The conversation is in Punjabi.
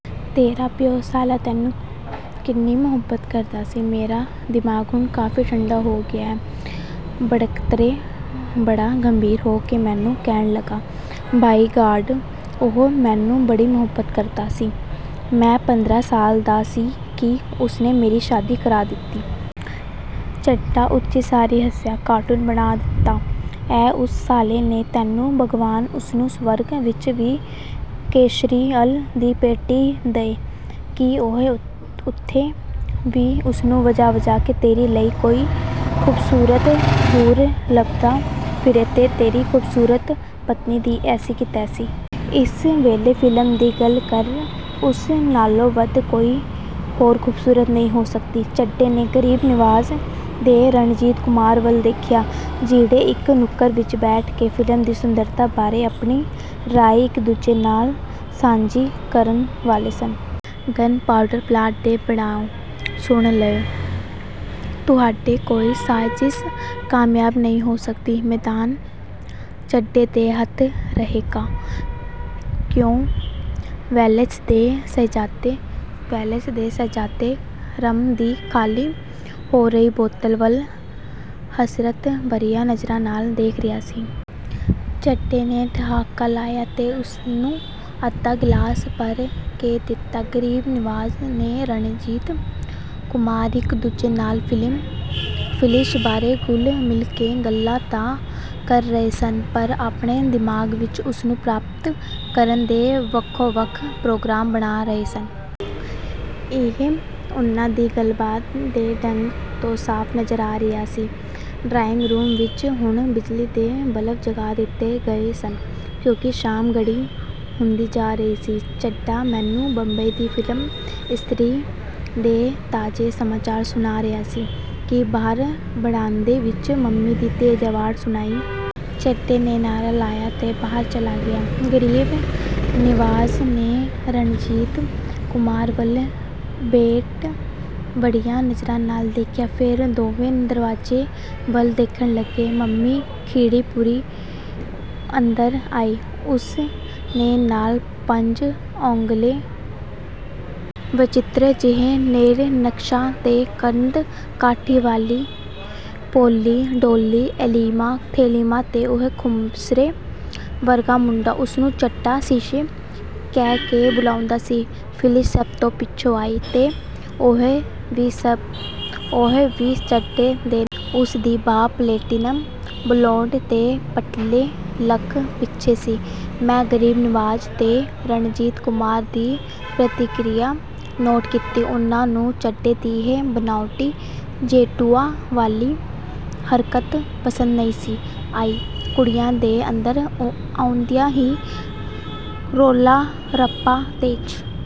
ਤੇਰਾ ਪਿਉ ਸਾਲਾ ਤੈਨੂੰ ਕਿੰਨੀ ਮੁਹੱਬਤ ਕਰਦਾ ਸੀ। ਮੇਰਾ ਦਿਮਾਗ ਹੁਣ ਕਾਫੀ ਠੰਡਾ ਹੋ ਗਿਆ ਏ। "ਵਣਕਤਰੇ ਬੜਾ ਗੰਭੀਰ ਹੋ ਕੇ ਮੈਨੂੰ ਕਹਿਣ ਲੱਗਾ, "ਬਾਈ ਗਾਡ, ਉਹ ਮੈਨੂੰ ਬੜੀ ਮੁਹੱਬਤ ਕਰਦਾ ਸੀ। ਮੈਂ ਪੰਦਰਾਂ ਸਾਲ ਦਾ ਸੀ ਕਿ ਉਸਨੇ ਮੇਰੀ ਸ਼ਾਦੀ ਕਰਾ ਦਿੱਤੀ। " ਚੱਡਾ ਉੱਚੀ ਸਾਰੀ ਹੱਸਿਆ, "ਕਾਰਟੂਨ ਬਣਾ ਦਿੱਤਾ ਏ ਉਸ ਸਾਲੇ ਨੇ ਤੈਨੂੰ ਭਗਵਾਨ ਉਸਨੂੰ ਸਵਰਗ ਵਿਚ ਵੀ ਕੇਸਰੀਅਲ ਦੀ ਪੇਟੀ ਦਏ ਕਿ ਉਹ ਉੱਥੇ ਵੀ ਉਸਨੂੰ ਵਜਾ-ਵਜਾ ਕੇ ਤੇਰੀ ਲਈ ਕੋਈ ਖ਼ੂਬਸੂਰਤ ਹੂਰ ਲੱਭਦਾ ਫਿਰੇ ਤੇ ਤੇਰੀ ਖੂਬਸੂਰਤ ਪਤਨੀ ਦੀ ਐਸੀ ਦੀ ਤੈਸੀ। ਇਸ ਵੇਲੇ ਫਿਲਿਮ ਦੀ ਗੱਲ ਕਰ ਉਸ ਨਾਲੋਂ ਵੱਧ ਕੋਈ ਹੋਰ ਖ਼ੂਬਸੂਰਤ ਨਹੀਂ ਹੋ ਸਕਦੀ। "ਚੱਡੇ ਨੇ ਗਰੀਬ ਨਿਵਾਜ਼ ਤੇ ਰਣਜੀਤ ਕੁਮਾਰ ਵੱਲ ਦੇਖਿਆ, ਜਿਹੜੇ ਇਕ ਨੁੱਕਰ ਵਿਚ ਬੈਠੇ ਫਿਲਿਸ ਦੀ ਸੁੰਦਰਤਾ ਬਾਰੇ ਆਪਣੀ ਰਾਏ ਇਕ ਦੂਜੇ ਨਾਲ ਸਾਂਝੀ ਕਰਨ ਵਾਲੇ ਸਨ। "ਗਨ ਪਾਊਡਰ ਪਲਾਂਟ ਦੇ ਬਣਾਉਣ‌ ਸੁਣ ਲਓ, ਤੁਹਾਡੀ ਕੋਈ ਸਾਜਿਸ਼ ਕਾਮਯਾਬ ਨਹੀਂ ਹੋ ਸਕਦੀ। ਮੈਦਾਨ ਚੱਡੇ ਦੇ ਹੱਥ ਰਹੇਗਾ। ਕਿਉਂ ਵੇਲਜ਼ ਦੇ ਸ਼ਹਿਜ਼ਾਦੇ? " ਵੇਲਜ਼ ਦਾ ਸ਼ਹਿਜ਼ਾਦੇ ਰੰਮ ਦੀ ਖਾਲੀ ਹੋ ਰਹੀ ਬੋਤਲ ਵੱਲ ਹਸਰਤ ਭਰੀਆਂ ਨਜ਼ਰਾਂ ਨਾਲ ਦੇਖ ਰਿਹਾ ਸੀ। ਚੱਡੇ ਨੇ ਠਹਾਕਾ ਲਾਇਆ ਤੇ ਉਸਨੂੰ ਅੱਧਾ ਗ਼ਲਾਸ ਭਰ ਕੇ ਦਿੱਤਾ। ਗਰੀਬ ਨਿਵਾਜ਼ ਤੇ ਰਣਜੀਤ ਕੁਮਾਰ ਇਕ ਦੂਜੇ ਨਾਲ ਫਿਲਿਸ ਬਾਰੇ ਘੁਲ ਮਿਲ ਕੇ ਗੱਲਾਂ ਤਾਂ ਕਰ ਰਹੇ ਸਨ, ਪਰ ਆਪਣੇ ਦਿਮਾਗ ਵਿਚ ਉਸਨੂੰ ਪ੍ਰਾਪਤ ਕਰਨ ਦੇ ਵੱਖੋ-ਵੱਖ ਪ੍ਰੋਗਰਾਮ ਬਣਾ ਰਹੇ ਸਨ। ਇਹ ਉਹਨਾਂ ਦੀ ਗੱਲਬਾਤ ਦੇ ਢੰਗ ਤੋਂ ਸਾਫ ਨਜ਼ਰ ਆ ਰਿਹਾ ਸੀ। ਡਰਾਇੰਗ ਰੂਮ ਵਿਚ ਹੁਣ ਬਿਜਲੀ ਦੇ ਬਲਬ ਜਗਾ ਦਿੱਤੇ ਗਏ ਸਨ, ਕਿਉਂਕਿ ਸ਼ਾਮ ਗੂੜ੍ਹੀ ਹੁੰਦੀ ਜਾ ਰਹੀ ਸੀ। ਚੱਡਾ ਮੈਨੂੰ ਬੰਬਈ ਦੀ ਫ਼ਿਲਮ ਇੰਡਸਟਰੀ ਦੇ ਤਾਜ਼ੇ ਸਮਾਚਾਰ ਸੁਣਾ ਰਿਹਾ ਸੀ ਕਿ ਬਾਹਰ ਵਰਾਂਡੇ ਵਿਚ ਮੰਮੀ ਦੀ ਤੇਜ਼ ਆਵਾਜ਼ ਸੁਣਾਈ ਦਿੱਤੀ। ਚੱਡੇ ਨੇ ਨਾਅਰਾ ਲਾਇਆ ਤੇ ਬਾਹਰ ਚਲਾ ਗਿਆ। ਗਰੀਬ ਨਿਵਾਜ਼ ਨੇ ਰਣਜੀਤ ਕੁਮਾਰ ਵੱਲ ਭੇਤ-ਭਰੀਆਂ ਨਜ਼ਰਾਂ ਨਾਲ ਦੇਖਿਆ। ਫੇਰ ਦੋਵੇਂ ਦਰਵਾਜ਼ੇ ਵੱਲ ਦੇਖਣ ਲੱਗੇ। ਮੰਮੀ ਖਿੜੀ-ਪੁੜੀ ਅੰਦਰ ਆਈ। ਉਸ ਦੇ ਨਾਲ ਚਾਰ ਪੰਜ ਐਂਗਲੋ ਵਚਿੱਤਰ ਜਿਹੇ ਨੈਣ-ਨਕਸ਼ਾਂ ਤੇ ਕੱਦ-ਕਾਠੀ ਵਾਲੀ। ਪੋਲੀ, ਡੋਲੀ, ਐਲੀਮਾ, ਥੈਲੀਮਾ ਤੇ ਉਹ ਖੁਸਰੇ ਵਰਗਾ ਮੁੰਡਾ। ਉਸਨੂੰ ਚੱਡਾ ਸਿਸੀ ਕਹਿ ਕੇ ਬੁਲਾਉਂਦਾ ਸੀ। ਫਿਲਿਸ ਸਭ ਤੋਂ ਪਿੱਛੋਂ ਆਈ ਤੇ ਉਹ ਵੀ ਚੱਡੇ ਦੇ ਉਸਦੀ ਬਾਂਹ ਪਲੇਟੀਨਮ-ਬਲੌਂਡ ਦੇ ਪਤਲੇ ਲੱਕ ਪਿੱਛੇ ਸੀ। ਮੈਂ ਗਰੀਬ ਨਿਵਾਜ਼ ਤੇ ਰਣਜੀਤ ਕੁਮਾਰ ਦੀ ਪ੍ਰਤੀਕ੍ਰਿਆ ਨੋਟ ਕੀਤੀ। ਉਹਨਾਂ ਨੂੰ ਚੱਡੇ ਦੀ ਇਹ ਬਨਾਉਟੀ ਜੈਤੂਆਂ ਵਾਲੀ ਹਰਕਤ ਪਸੰਦ ਨਹੀਂ ਸੀ ਆਈ। ਕੁੜੀਆਂ ਦੇ ਅੰਦਰ ਆਉਂਦਿਆਂ ਹੀ ਰੌਲਾ-ਰੱਪਾ ਤੇਜ਼